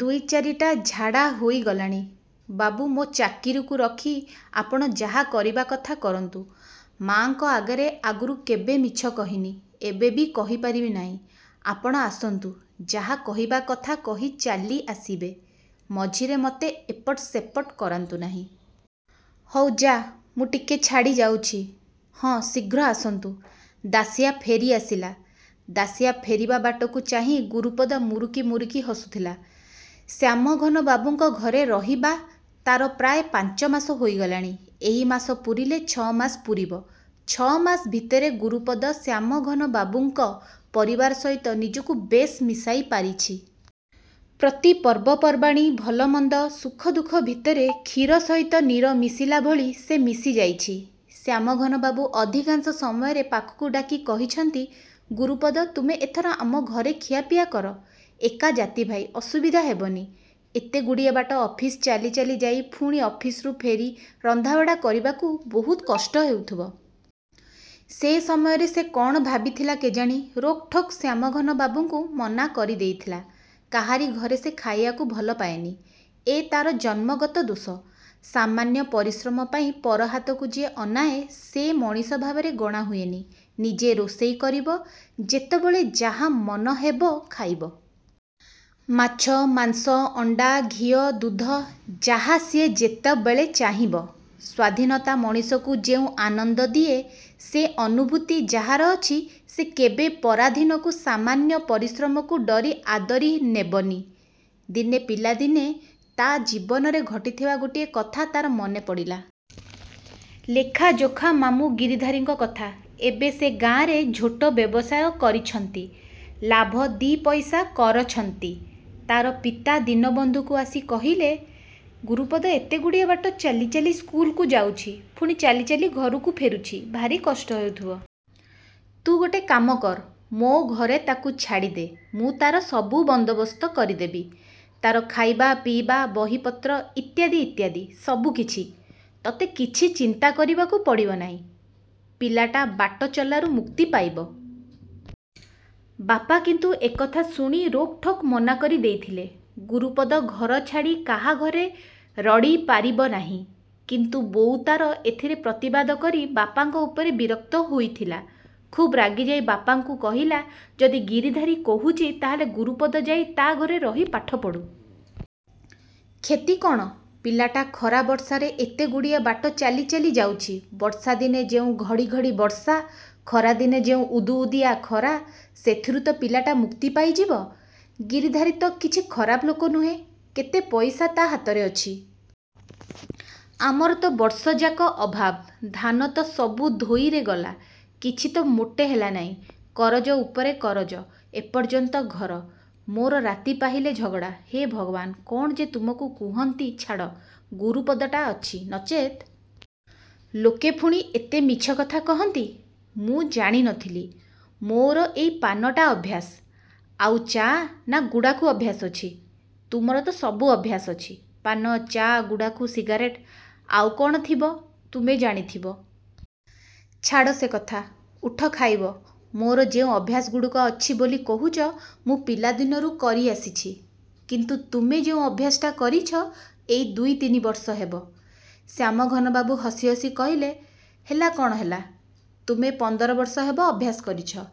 ଦୁଇ ଚାରିଟା ଝାଡ଼ା ହୋଇଗଲାଣି। ବାବୁ, ମୋ ଚାକିରିକୁ ରଖି ଆପଣ ଯାହା କରିବା କଥା କରନ୍ତୁ। ମା'ଙ୍କ ଆଗରେ ଆଗରୁ କେବେ ମିଛ କହିନି, ଏବେ ବି କହିପାରିବି ନାହିଁ। ଆପଣ ଆସନ୍ତୁ ଯାହା କହିବା କଥା କହି ଚାଲି ଆସିବେ। ମଝିରେ ମୋତେ ଏପଟ ସେପଟ କରାନ୍ତୁ ନାହିଁ। ହଉ ଯା' ମୁଁ ଟିକେ ଛାଡ଼ି ଯାଉଛି। ହଁ, ଶୀଘ୍ର ଆସନ୍ତୁ। ଦାଶିଆ ଫେରି ଆସିଲା। ଦାଶିଆ ଫେରିବା ବାଟକୁ ଚାହିଁ ଗୁରୁପଦ ମୁରୁକି ମୁରୁକି ହସୁଥିଲା। ଶ୍ୟାମଘନବାବୁଙ୍କ ଘରେ ରହିବା ତା'ର ପ୍ରାୟ ପାଞ୍ଚମାସ ହୋଇଗଲାଣି। ଏହି ମାସ ପୁରିଲେ ଛଅମାସ ପୂରିବ। ଛ' ମାସ ଭିତରେ ଗୁରୁପଦ ଶ୍ୟାମଘନବାବୁଙ୍କ ପରିବାର ସହିତ ନିଜକୁ ବେଶ୍ ମିଶାଇ ପାରିଛି। ପ୍ରତି ପର୍ବପର୍ବାଣୀ ଭଲ ମନ୍ଦ, ସୁଖ ଦୁଃଖ ଭିତରେ କ୍ଷୀର ସହିତ ନୀର ମିଶିଲା ଭଳି ସେ ମିଶି ଯାଇଛି। ଶ୍ୟାମଘନବାବୁ ଅଧିକାଂଶ ସମୟରେ ପାଖକୁ ଡାକି କହିଛନ୍ତି, ଗୁରୁପଦ ତୁମେ ଏଥର ଆମ ଘରେ ଖିଆପିଆ କର। ଏକା ଜାତିଭାଇ ଅସୁବିଧା ହେବନି। ଏତେଗୁଡ଼ିଏ ବାଟ ଅଫିସ ଚାଲି ଚାଲି ଯାଇ ପୁଣି ଅଫିସରୁ ଫେରି ରନ୍ଧାବଢ଼ା କରିବାକୁ ବହୁତ କଷ୍ଟ ହେଉଥିବ। ସେ ସମୟରେ ସେ କ'ଣ ଭାବିଥିଲା କେଜାଣି ରୋକଠୋକ ଶ୍ୟାମଘନବାବୁଙ୍କୁ ମନା କରିଦେଇଥିଲା। କାହାରି ଘରେ ସେ ଖାଇବାକୁ ଭଲ ପାଏନି, ଏ ତା'ର ଜନ୍ମଗତ ଦୋଷ। ସାମାନ୍ୟ ପରିଶ୍ରମ ପାଇଁ ପର ହାତକୁ ଯିଏ ଅନାଏ ସେ ମଣିଷ ଭାବରେ ଗଣା ହୁଏନି। ନିଜେ ରୋଷେଇ କରିବ, ଯେତେବେଳେ ଯାହା ମନ ହେବ ଖାଇବ। ମାଛ, ମାଂସ, ଅଣ୍ଡା, ଘିଅ, ଦୁଧ, ଯାହା ସିଏ ଯେତେବେଳେ ଚାହିଁବ। ସ୍ୱାଧୀନତା ମଣିଷକୁ ଯେଉଁ ଆନନ୍ଦ ଦିଏ ସେ ଅନୁଭୂତି ଯାହାର ଅଛି, ସେ କେବେ ପରାଧୀନକୁ ସାମାନ୍ୟ ପରିଶ୍ରମକୁ ଡରି ଆଦରି ନେବନି। ଦିନେ ପିଲାଦିନେ ତା' ଜୀବନରେ ଘଟିଥିବା ଗୋଟିଏ କଥା ତା'ର ମନେ ପଡ଼ିଲା। ଲେଖାଯୋଖା ମାମୁଁ ଗିରିଧାରୀଙ୍କ କଥା। ଏବେ ସେ ଗାଁରେ ଝୋଟ ବ୍ୟବସାୟ କରିଛନ୍ତି। ଲାଭ ଦି' ପଇସା କରଛନ୍ତି। ତା'ର ପିତା ଦୀନବନ୍ଧୁକୁ ଆସି କହିଲେ, ଗୁରୁପଦ ଏତେଗୁଡ଼ିଏ ବାଟ ଚାଲି ଚାଲି ସ୍କୁଲକୁ ଯାଉଛି ପୁଣି ଚାଲି ଚାଲି ଘରକୁ ଫେରୁଛି ଭାରି କଷ୍ଟ ହେଉଥିବ। ତୁ ଗୋଟେ କାମ କର। ମୋ ଘରେ ତା'କୁ ଛାଡ଼ି ଦେ। ମୁଁ ତା'ର ସବୁ ବନ୍ଦୋବସ୍ତ କରିଦେବି। ତା'ର ଖାଇବା ପିଇବା, ବହିପତ୍ର ଇତ୍ୟାଦି ଇତ୍ୟାଦି ସବୁ କିଛି। ତୋତେ କିଛି ଚିନ୍ତା କରିବାକୁ ପଡ଼ିବ ନାହିଁ। ପିଲାଟା ବାଟ ଚଲାରୁ ମୁକ୍ତି ପାଇବ। ବାପା କିନ୍ତୁ ଏକଥା ଶୁଣି ରୋକଠୋକ ମନା କରି ଦେଇଥିଲେ। ଗୁରୁପଦ ଘର ଛାଡ଼ି କାହା ଘରେ ରଡ଼ିପାରିବ ନାହିଁ। କିନ୍ତୁ ବୋଉ ତା'ର ଏଥିରେ ପ୍ରତିବାଦ କରି ବାପାଙ୍କ ଉପରେ ବିରକ୍ତ ହୋଇଥିଲା। ଖୁବ୍ ରାଗିଯାଇ ବାପାଙ୍କୁ କହିଲା ଯଦି ଗିରିଧାରୀ କହୁଛି ତା'ହେଲେ ଗୁରୁପଦ ଯାଇ ତା' ଘରେ ରହି ପାଠ ପଢ଼ୁ। କ୍ଷତି କ'ଣ? ପିଲାଟା ଖରା ବର୍ଷାରେ ଏତେଗୁଡ଼ିଏ ବାଟ ଚାଲି ଚାଲି ଯାଉଛି। ବର୍ଷାଦିନେ ଯେଉଁ ଘଡ଼ି ଘଡ଼ି ବର୍ଷା, ଖରାଦିନେ ଯେଉଁ ଉଦୁଉଦିଆ ଖରା; ସେଥିରୁ ତ ପିଲାଟା ମୁକ୍ତି ପାଇଯିବ। ଗିରିଧାରୀ ତ କିଛି ଖରାପ ଲୋକ ନୁହେଁ। କେତେ ପଇସା ତା' ହାତରେ ଅଛି। ଆମର ତ ବର୍ଷଯାକ ଅଭାବ। ଧାନ ତ ସବୁ ଧୋଇରେ ଗଲା। କିଛି ତ ମୋଟେ ହେଲା ନାହିଁ। କରଜ ଉପରେ କରଜ, ଏପର୍ଯ୍ୟନ୍ତ ଘର। ମୋର ରାତି ପାହିଲେ ଝଗଡ଼ା। ହେ ଭଗବାନ୍! କ'ଣ ଯେ ତୁମକୁ କୁହନ୍ତି ଛାଡ଼। ଗୁରୁପଦଟା ଅଛି ନଚେତ୍। ଲୋକେ ପୁଣି ଏତେ ମିଛକଥା କହନ୍ତି! ମୁଁ ଜାଣି ନ ଥିଲି। ମୋର ଏଇ ପାନଟା ଅଭ୍ୟାସ, ଆଉ ଚା' ନା ଗୁଡ଼ାଖୁ ଅଭ୍ୟାସ ଅଛି, ତୁମର ତ ସବୁ ଅଭ୍ୟାସ ଅଛି। ପାନ, ଚା, ଗୁଡ଼ାଖୁ, ସିଗାରେଟ୍, ଆଉ କ'ଣ ଥିବ ତୁମେ ଜାଣିଥିବ। ଛାଡ଼ ସେ କଥା, ଉଠ ଖାଇବ। ମୋର ଯେଉଁ ଅଭ୍ୟାସଗୁଡ଼ିକ ଅଛି ବୋଲି କହୁଛ ମୁଁ ପିଲାଦିନରୁ କରି ଆସିଛି। କିନ୍ତୁ ତୁମେ ଯେଉଁ ଅଭ୍ୟାସଟା କରିଛ ଏହି ଦୁଇ ତିନି ବର୍ଷ ହେବ। ଶ୍ୟାମଘନବାବୁ ହସି ହସି କହିଲେ, ହେଲା କ'ଣ ହେଲା। ତୁମେ ପନ୍ଦର ବର୍ଷ ହେବ ଅଭ୍ୟାସ କରିଛ।